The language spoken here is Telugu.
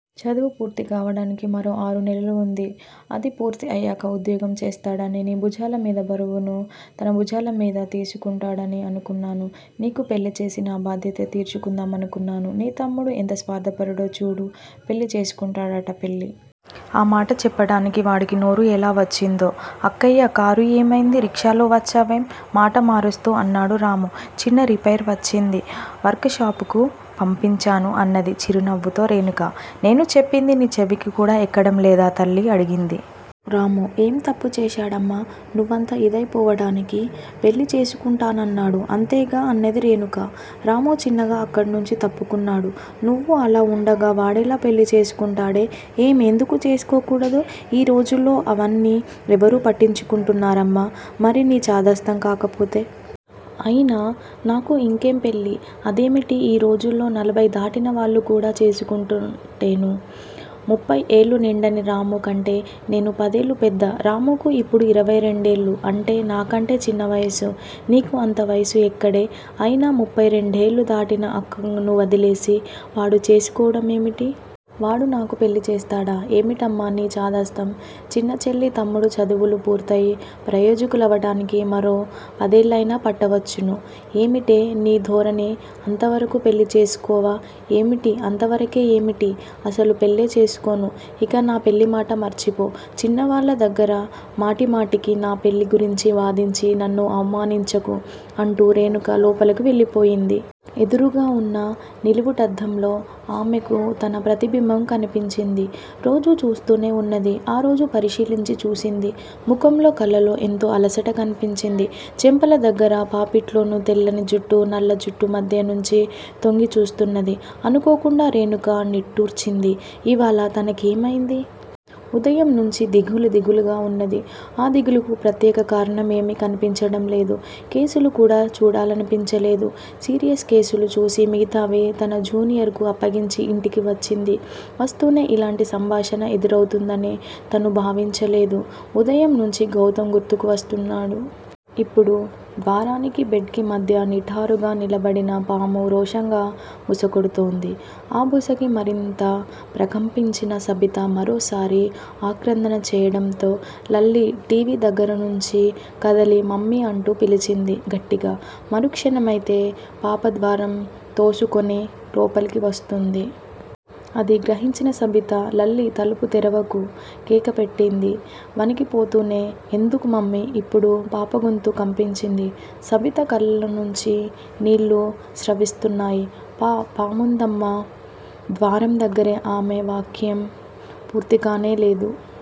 చదువు పూర్తి కావడానికి మరో ఆరు నెలలు వుంది. అది పూర్తి అయ్యాక ఉద్యోగం చేస్తాడనీ, నీ భుజాల మీది బరువును తన భుజాల మీదకు తీసుకుంటాడనీ అనుకున్నాను. నీకు పెళ్ళి చేసి నా బాధ్యత తీర్చుకుందామనుకున్నాను. నీ తమ్ముడు ఎంత స్వార్థపరుడో చూడు. పెళ్ళి చేసుకుంటాడట పెళ్ళి! ఆ మాట చెప్పడానికి వాడికి నోరు ఎలా వచ్చిందో? అక్కయ్యా! కారు ఏమైంది? రిక్షాలో వచ్చేవేం? మాట మారుస్తూ అన్నాడు రాము. చిన్న రిపైర్ వచ్చింది. వర్కుషాపుకు పంపించాను అన్నది చిరునవ్వుతో రేణుక. నేను చెప్పింది నీ చెవికి కూడా ఎక్కడం లేదా? తల్లి అడిగింది. రాము ఏం తప్పుచేశాడమ్మా నువ్వంత ఇదై పోవడానికి? పెళ్ళి చేసుకుంటానన్నాడు అంతేగా అన్నది రేణుక. రాము చిన్నగా అక్కడ నుంచి తప్పుకున్నాడు. నువ్వు అలా ఉండగా వాడెలా పెళ్ళి చేసుకుంటాడే? ఏం ఎందుకు చేసుకోకూడదూ? ఈ రోజుల్లో అవన్నీ ఎవరు పట్టించుకుంటున్నారమ్మా! మరీ నీచాదస్తం కాకపోతే? అయినా నాకు ఇంకేం పెళ్ళి? అదేమిటి? ఈ రోజుల్లో నలభైదాటినవాళ్ళు కూడా చేసుకుంటుంటేనూ? ముప్పయ్ ఏళ్ళు నిండని రామూ కంటే నేను పదేళ్ళు పెద్ద. రామూకు ఇప్పుడు ఇరవై రెండేళ్ళు. అంటే నాకంటే చిన్న వయసు? నీకు అంత వయసు ఎక్కడే? అయినా ముప్పయ్ రెండేళ్ళు దాటిన అక్కను వదిలేసి వాడు చేసుకోవడం ఏమిటి? వాడు నాకు పెళ్ళి చేస్తాడా? ఏమిటమ్మా నీ చాదస్తం! చిన్న చెల్లీ, తమ్ముడూ చదువులు పూర్తయి ప్రయోజకులవడానికి మరో పదేళ్ళయినా పట్టవచ్చును ఏమిటే నీ ధోరణి, అంతవరకూ పెళ్ళి చేసుకోవా ఏమిటి? అంతవరకే ఏమిటి? అసలు పెళ్ళే చేసుకోను! ఇక నా పెళ్ళిమాట మర్చిపో! చిన్నవాళ్ళ దగ్గిర మాటిమాటికి నా పెళ్ళి గురించి వాదించి నన్ను అవమానించకు అంటూ రేణుక లోపలకు వెళ్ళిపోయింది. ఎదురుగా వున్న నిలువుటద్దంలో ఆమెకు తన ప్రతిబింబం కన్పించింది. రోజూ చూస్తూనే ఉన్నది. ఆరోజు పరిశీలించి చూసింది. ముఖంలో, కళ్ళలో ఎంతో అలసట కన్పించింది. చెంపల దగ్గర, పాపిట్లోనూ తెల్లని జుట్టు నల్ల జుట్టు మధ్య నుంచి తొంగి చూస్తున్నది. అనుకోకుండా రేణుక నిట్టూర్చింది. ఇవాళ తనకేమైంది? ఉదయంనుంచీ దిగులు దిగులుగా ఉన్నది. ఆ దిగులుకు ప్రత్యేక కారణం ఏమీ కన్పించడం లేదు. కేసులు కూడా చూడాలనిపించలేదు. సీరియస్ కేసులు చూసి మిగతావి తన జూనియర్ కు అప్పగించి ఇంటికి వచ్చింది. వస్తూనే ఇలాంటి సంభాషణ ఎదురౌతుందని తను భావించలేదు. ఉదయం నుంచి గౌతమ్ గుర్తుకు వస్తున్నాడు. ఇప్పుడు ద్వారానికి బెడ్ కి మధ్య నిటారుగా నిలబడిన పాము రోషంగా బుసకొడుతూంది. ఆ బుసకి మరింత ప్రకంపించిన సబిత మరోసారి ఆక్రందన చేయడంతో లల్లీ టి. వి. దగ్గర నుంచి కదిలి మమ్మీ అంటూ పిలిచింది గట్టిగా మరుక్షణమైతే పాప ద్వారం తోసుకుని లోపలికి వస్తుంది. అది గ్రహించిన సబిత లల్లీ తలుపు తెరవకు కేకపెట్టింది వణికిపోతూనే. ఎందుకు మమ్మీ? ఇప్పుడు పాపగొంతు కంపించింది. సబిత కళ్ళనుంచి నీళ్ళు స్రవిస్తున్నాయి. పా పాముందమ్మా. ద్వారం దగ్గరే ఆమె వాక్యం పూర్తికానేలేదు